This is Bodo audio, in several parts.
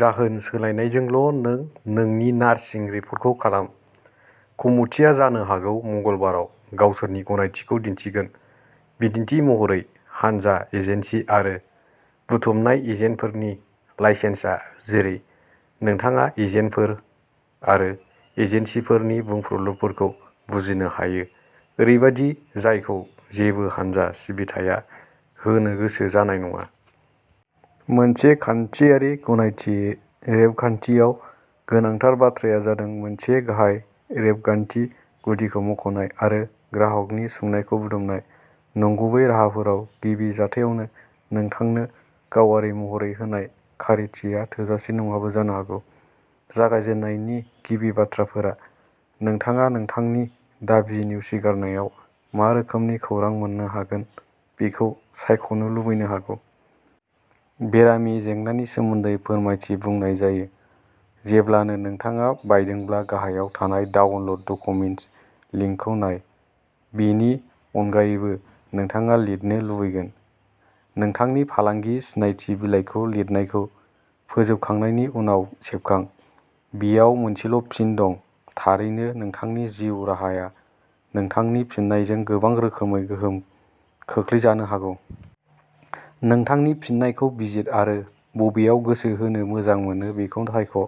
जाहोन, सोलायनायजोंल' नों नोंनि नार्सिं रिपर्टखौ खालाम। कमिटिआ जानो हागौ मंगलबाराव गावसोरनि गनायथिखौ दिन्थिगोन। बिदिन्थि महरै, हानजा एजेन्सि आरो बुथुमनाय एजेन्टफोरनि लाइसेन्सआ जेरै नोंथाङा एजेन्टफोर आरो एजेन्सिफोरनि बुंफ्रुदलुफोरखौ बुजिनो हायो ओरैबायदि जायखौ जेबो हानजा सिबिथाया होनो गोसो जानाय नङा। मोनसे खान्थियारि गनायथि रेबगान्थियाव, गोनांथार बाथ्राया जादों मोनसे गाहाय रेबगान्थि गुदिखौ मुंख'नाय आरो ग्राहकनि सुंनायखौ बुथुमनाय। नंगुबै राहाफोराव गिबि जाथायावनो नोंथांनो गावारि महरै होनाय खारिथिया थोजासे नङाबो जानो हागौ। जागायजेननायनि गिबि बाथ्राफोरा, नोंथाङा नोंथांनि दाबि नेवसिगारनायाव मा रोखोमनि खौरां मोननो हागोन बेखौ सायख'नो लुबैनो हागौ। बेरामि जेंनानि सोमोन्दै फोरमायथि बुंनाय जायो। जेब्लानो नोंथाङा बायदोंब्ला गाहायाव थानाय डाउनल'ड डकुमेन्ट लिंकखौ नाय। बेनि अनगायैबो नोंथाङा लिरनो लुबैगोन। नोंथांनि फालांगि सिनायथि बिलाइखौ लिरनायखौ फोजोबखांनायनि उनाव सेबखां। बेयाव मोनसेल' फिन दं। थारैनो, नोंथांनि जिउ राहाया नोंथांनि फिननायजों गोबां रोखोमै गोहोम खोख्लैजानो हागौ। नोंथांनि फिननायखौ बिजिर आरो बबेयाव गोसो होनो मोजां मोनो बेखौ सायख'।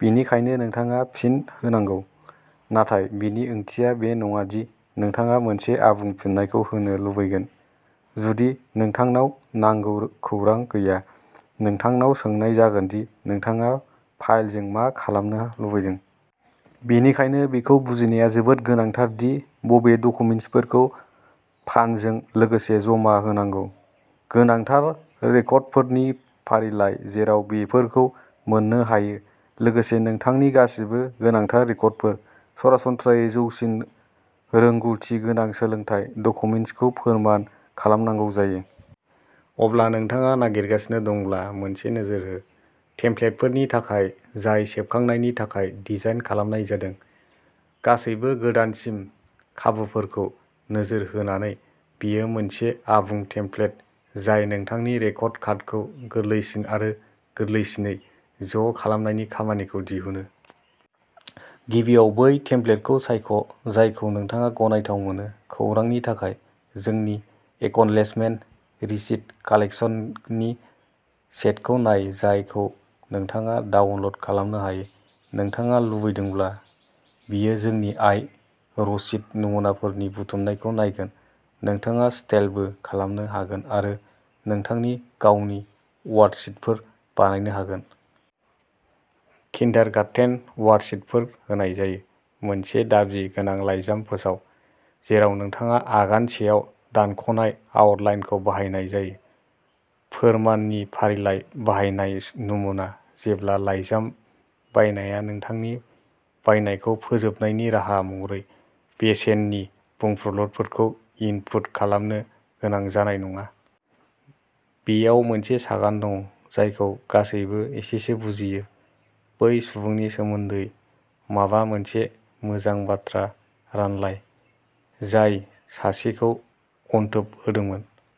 बेनिखायनो नोंथाङा फिन होनांगौ, नाथाय बेनि ओंथिया बे नङा दि नोंथाङा मोनसे आबुं फिननायखौ होनो लुबैगोन जुदि नोंथांनाव नांगौ खौरां गैया। नोंथांनाव सोंनाय जागोन दि नोंथाङा फाइलजों मा खालामनो लुबैदों। बेनिखायनो, बेखौ बुजिनाया जोबोद गोनांथार दि बबे डकुमेन्टफोरखौ पानजों लोगोसे जमा होनांगौ। गोनांथार रेकर्डफोरनि फारिलाइ जेराव बेफोरखौ मोननो हायो लोगोसे नोंथांनि गासिबो गोनांथार रेकर्डफोर। सरासनस्रायै जौसिन रोंग'थि गोनां सोलोंथाय डकुमेन्टखौ फोरमान खालामनांगौ जायो। अब्ला नोंथाङा नागिरगासिनो दंब्ला मोनसे नोजोर हो। टेम्प्लेटफोरनि थाखाय जाय सेबखांनायनि थाखाय डिजाइन खालामनाय जादों। गासैबो गोदानसिन खाबुफोरखौ नोजोर होनानै बेयो मोनसे आबुं टेमप्लेट जाय नोंथांनि रेकर्ड कार्डखौ गोरलैसिन आरो गोरलैसिनै ज' खालामनायनि खामानिखौ दिहुनो। गिबियाव बै टेमप्लेटखौ सायख' जायखौ नोंथाङा गनायथाव मोनो। खौरांनि थाखाय, जोंनि एकनलेजमेन्ट रिसिप्ट कालेक्शन्सनि सेटखौ नाय जायखौ नोंथाङा डाउनल'ड खालामनो हायो। नोंथाङा लुबैदोंब्ला, बेयो जोंनि आय रसिद नमुनाफोरनि बुथुमनायखौ नायगोन। नोंथाङा स्टाइलबो खालामनो हागोन आरो नोंथांनि गावनि वर्कशिटफोर बानायनो हागोन। किन्डारगार्टेन वर्कशिटफोर होनाय जायो। मोनसे दाबि गोनां लाइजाम फोसाव, जेराव नोंथाङा आगान सेयाव दानख'नाय आउटलाइनखौ बाहायनाय जायो। फोरमाननि फारिलाइ बाहायनाय नमुना जेब्ला लाइजाम बायनाया नोंथांनि बायनायखौ फोजोबनायनि राहा महरै बेसेननि बुंफ्रुदलुफोरखौ इनपुट खालामनो गोनांथि जानाय नङा। बेयाव मोनसे सागान दं, जायखौ गासैबो एसेसो बुजियो। बै सुबुंनि सोमोन्दै माबा मोनसे मोजां बाथ्रा रानलाय, जाय सासेखौ अनथोब होदोंमोन।